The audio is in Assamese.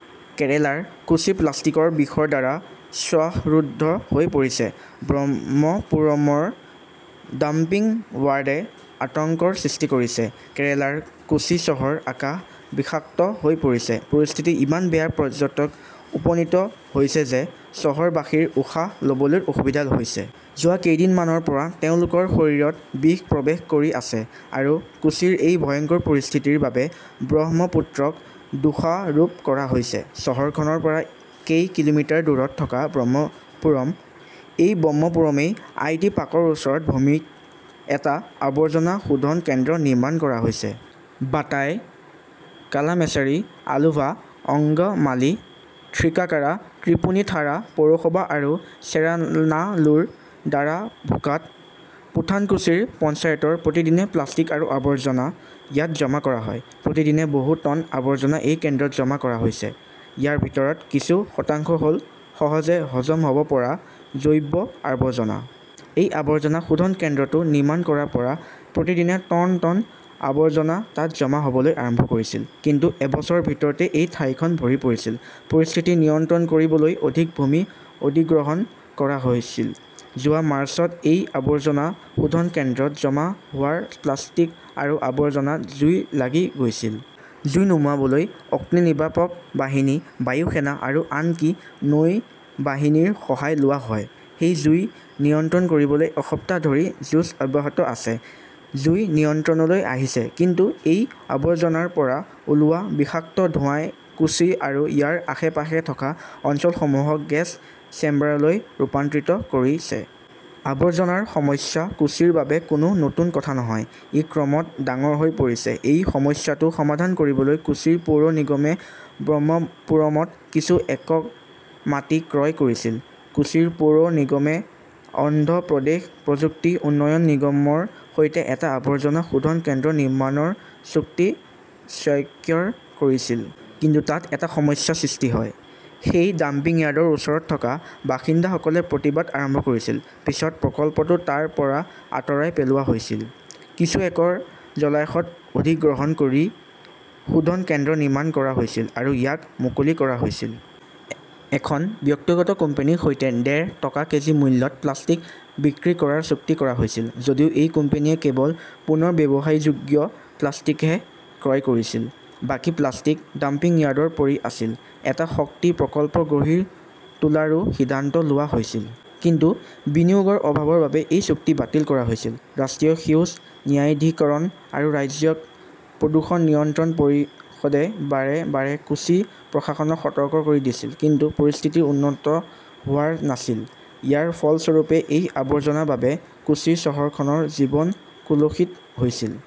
কেৰালাৰ কোচি প্লাষ্টিকৰ বিষৰ দ্বাৰা শ্বাসৰুদ্ধ হৈ পৰিছে! ব্ৰহ্মপুৰমৰ ডাম্পিং য়াৰ্ডে আতংকৰ সৃষ্টি কৰিছে। কেৰালাৰ কোচি চহৰৰ আকাশ বিষাক্ত হৈ পৰিছে। পৰিস্থিতি ইমান বেয়া পৰ্যায়ত উপনীত হৈছে যে চহৰবাসীৰ উশাহ লবলৈও অসুবিধা হৈছে। যোৱা কেইদিনমানৰ পৰা তেওঁলোকৰ শৰীৰত বিষ প্ৰৱেশ কৰি আছে। আৰু কোচিৰ এই ভয়ংকৰ পৰিস্থিতিৰ বাবে ব্ৰহ্মপুত্ৰক দোষাৰোপ কৰা হৈছে। চহৰখনৰ পৰা কেই কিলোমিটাৰ দূৰত থকা ব্ৰহ্মপুৰম। এই ব্ৰহ্মপুৰমেই আইটি পাৰ্কৰ ওচৰৰ ভূমিত এটা আৱৰ্জনা শোধন কেন্দ্ৰ নিৰ্মাণ কৰা হৈছে। বাতাই, কালামাছেৰী, আলুভা, অংগমালী, থ্ৰিক্কাকাৰা, ত্ৰিপুনিথাৰা পৌৰসভা আৰু চেৰানালুৰ, ভাৰাভুকাড, পুথানকুৰিছ পঞ্চায়তৰ প্ৰতিদিনে প্লাষ্টিক আৰু আৱৰ্জনা ইয়াত জমা কৰা হয়। প্ৰতিদিনে বহু টন আৱৰ্জনা এই কেন্দ্ৰত জমা কৰা হৈছে। ইয়াৰ ভিতৰত কিছু শতাংশ হ'ল সহজে হজম হ'ব পৰা জৈৱ আৱৰ্জনা। এই আৱৰ্জনা শোধন কেন্দ্ৰটো নিৰ্মাণ কৰাৰ পৰা প্ৰতিদিনে টন টন আৱৰ্জনা তাত জমা হ'বলৈ আৰম্ভ কৰিছিল। কিন্তু এবছৰৰ ভিতৰতে সেই ঠাইখন ভৰি পৰিছিল। পৰিস্থিতি নিয়ন্ত্ৰণ কৰিবলৈ অধিক ভূমি অধিগ্ৰহণ কৰা হৈছিল। যোৱা মাৰ্চত সেই আৱৰ্জনা শোধন কেন্দ্ৰত জমা হোৱা প্লাষ্টিক আৰু আৱৰ্জনাত জুই লাগি গৈছিল। জুই নুমুৱাবলৈ অগ্নিনিৰ্বাপক বাহিনী, বায়ু সেনা আৰু আনকি নৌবাহিনীৰ সহায় লোৱা হয়। সেই জুই নিয়ন্ত্ৰণ কৰিবলৈ এসপ্তাহ ধৰি যুঁজ অব্যাহত আছে। জুই নিয়ন্ত্ৰণলৈ আহিছে। কিন্তু সেই আৱৰ্জনাৰ পৰা ওলোৱা বিষাক্ত ধোঁৱাই কোচি আৰু ইয়াৰ আশে-পাশে থকা অঞ্চলসমূহক গেছ চেম্বাৰলৈ ৰূপান্তৰিত কৰিছে। আৱৰ্জনাৰ সমস্যা কোচিৰ বাবে কোনো নতুন কথা নহয়। ই ক্ৰমত ডাঙৰ হৈ পৰিছে। সেই সমস্যাটো সমাধান কৰিবলৈ কোচি পৌৰ নিগমে ব্ৰহ্মপুৰমত কিছু একৰ মাটি ক্ৰয় কৰিছিল। কোচি পৌৰ নিগমে অন্ধ্ৰ প্ৰদেশ প্ৰযুক্তি উন্নয়ন নিগমৰ সৈতে এটা আৱৰ্জনা শোধন কেন্দ্ৰ নিৰ্মাণৰ চুক্তি স্বাক্ষৰ কৰিছিল। কিন্তু তাত এটা সমস্যাৰ সৃষ্টি হয়। সেই ডাম্পিং য়াৰ্ডৰ ওচৰত থকা বাসিন্দাসকলে প্ৰতিবাদ আৰম্ভ কৰিছিল। পিছত প্ৰকল্পটো তাৰ পৰা আঁতৰাই পেলোৱা হৈছিল। কিছু একৰ জলাশয় অধিগ্ৰহণ কৰি শোধন কেন্দ্ৰ নিৰ্মাণ কৰা হৈছিল আৰু ইয়াক মুকলি কৰা হৈছিল। এখন ব্যক্তিগত কোম্পানীৰ সৈতে ডেৰ টকা কেজি মূল্যত প্লাষ্টিক বিক্ৰী কৰাৰ চুক্তি কৰা হৈছিল। যদিও সেই কোম্পানীয়ে কেৱল পুনৰ্ব্যৱহাৰযোগ্য প্লাষ্টিকহে ক্ৰয় কৰিছিল। বাকী প্লাষ্টিক ডাম্পিং য়াৰ্ডত পৰি আছিল। এটা শক্তি প্ৰকল্প ‌‌গঢ়ি তোলাৰো সিদ্ধান্ত লোৱা হৈছিল। কিন্তু বিনিয়োগৰ অভাৱৰ বাবে সেই চুক্তি বাতিল কৰা হৈছিল। ৰাষ্ট্ৰীয় সেউজ ন্যায়াধিকৰণ আৰু ৰাজ্যিক প্ৰদূষণ নিয়ন্ত্ৰক পৰিষদে বাৰে বাৰে কোচি প্ৰশাসনক সতৰ্ক কৰি দিছিল। কিন্তু পৰিস্থিতি উন্নত হোৱা নাছিল। ইয়াৰ ফলস্বৰূপে সেই আৱৰ্জনাৰ বাবেই কোচি চহৰখনৰ জীৱন কলুষিত হৈছে।